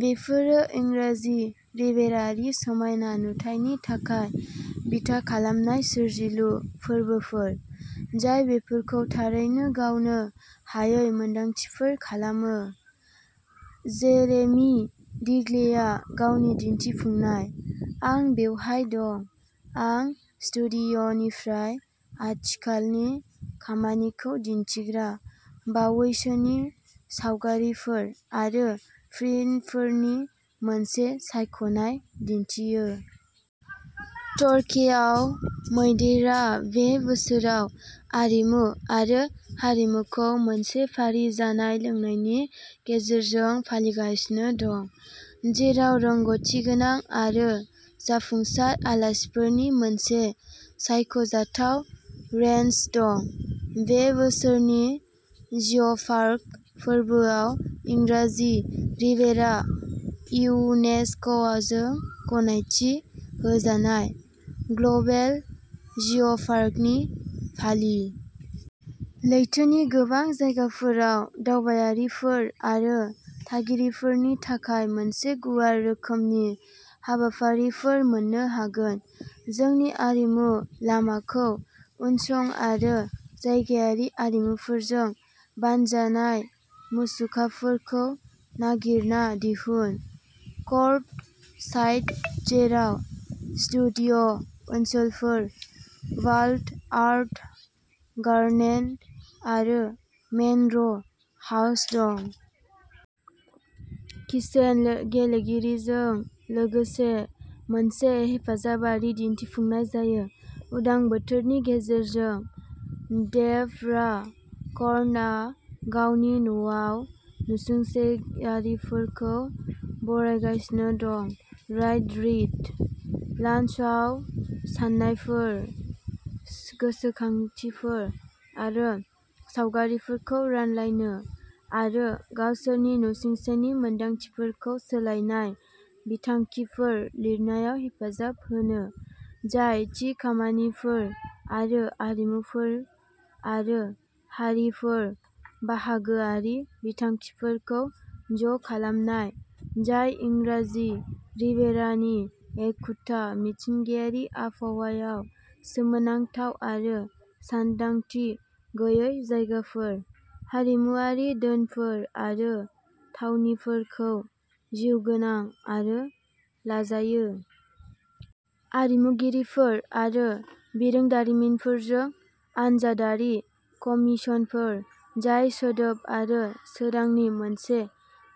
बेफोरो इंराजि रिभेरानि समायना नुथायनि सायाव बिथा खालामनाय सोरजिलु फोरबोफोर, जाय बेफोरखौ थारैनो बावनो हायै मोनदांथिफोर खालामो। जेरेमि डिग्लेआ गावनि दिन्थिफुंनाय, "आं बेवहाय दं" आव स्टुडिय'निफ्राय आथिखालनि खामानिखौ दिन्थिग्रा बावैसोनि सावगारिफोर आरो प्रिन्टफोरनि मोनसे सायख'नाय दिन्थियो। टरकेआव मैदेरआ बे बोसोराव आरिमु आरो हारिमुखौ मोनसे फारि जानाय-लोंनायनि गेजेरजों फालिगासिनो दं, जेराव रोंग'थिगोनां आरो जाफुंसार आलासिफोरनि मोनसे सायख'जाथाव रेन्ज दं। बे बोसोरनि जिय'पार्क फोरबोआव इंराजि रिभेरा इउनेस्क'जों गनायथि होजानाय ग्ल'बेल जिय'पार्कखौ फालि। लैथोनि गोबां जायगाफोराव दावबायारिफोर आरो थागिरिफोरनि थाखाय मोनसे गुवार रोखोमनि हाबाफारिफोर मोन्नो हागोन। जोंनि आरिमु लामाखौ उनसं आरो जायगायारि आरिमुगिरिफोरजों बानायजानाय मुसुखाफोरखौ नागिरना दिहुन। कर्ट साइट, जेराव स्टुडिय'ओनसोलफोर, वाल्ड आर्ट गार्डेन आरो मेन'र हाउस दं। किचेन गेलारिजों लोगोसे मोनसे हेफाजाबारि दिन्थिफुंनाय जायो। उदां बोथोरनि गेजेरजों, डेब'रा क'र्डनआ गावनि न'आव नसुंसेयारिफोरखौ बरायगासिनो दं-राइट रीड लाउन्जआव-साननायफोर, गोसोखांथिफोर आरो सावगारिफोरखौ रानलायनो, आरो गावसोरनि नसुंसेनि मोनदांथिफोरखौ सोलायनाय बिथांखिफोर लिरनायाव हेफाजाब होनो। जायगा-थि खामानिफोर आरो आरिमुगिरिफोर आरो हारिफोरनि बाहागोआरि बिथांखिफोरखौ ज'खालामनाय जाय इंराजि रिभेरानि एखुथा मिथिंगायारि आबहावायाव सोमोनांथाव आरो सानदांथि गैयै जायगाफोर, हारिमुआरि धोनफोर आरो थावनिफोरखौ जिउगोनां आरो लाजायो। आरिमुगिरिफोर आरो बिरोंदामिनफोरजों आनजादारि कमिसनफोर, जाय सोदोब आरो सोरांनि मोनसे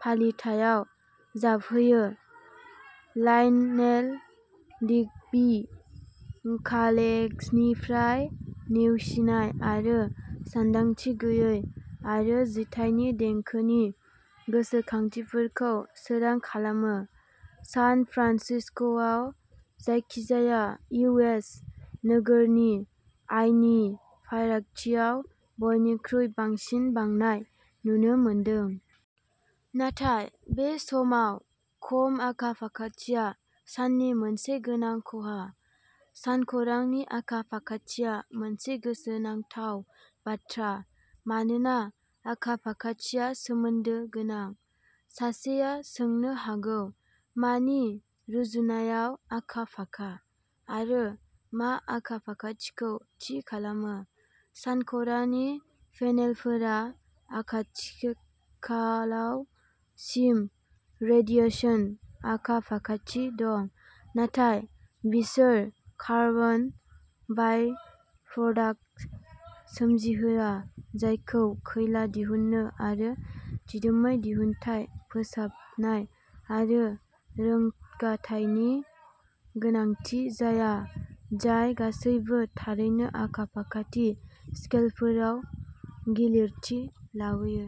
फालिथायाव जोबहैयो, लायनेल डिग्बी कालेक्सननिफ्राय नेवसिनाय आरो सानदांथि गैयै आरो जिथाइनि देंखोनि गोसोखांथिफोरखौ सोरां खालामो। सान फ्रान्सिस्क'आ जायखिजाया इउ. एस. नोगोरनि आयनि फारागथियाव बयनिख्रुइ बांसिन बांनाय नुनो मोनदों। नाथाय बे समाव, खम आखा-फाखाथिया साननि मोनसे गोनां खहा। सानखरानि आखा-फाखाथिया मोनसे गोसोनांथाव बाथ्रा, मानोना आखा-फाखाथिया सोमोन्दो गोनां। सासेया सोंनो हागौ "मानि रुजुनायाव आखा-फाखा? " आरो "मा आखा-फाखाथिखौ थि खालामो? " सानखरानि पेनेलफोरा आथिखालाव सिम रेडिएसन आखा-फाखाथि दं, नाथाय बिसोर कार्बन बाइ-प्रडाक्ट सोमजिहोआ जायखौ खैला दिहुनो आरो दिदोमै दिहुनथाय, फोसाबनाय आरो रोगाथायनि गोनांथि जाया-जाय गासैबो थारैनो आखा-फाखाथि स्केलफोराव गिलिरथि लाबोयो।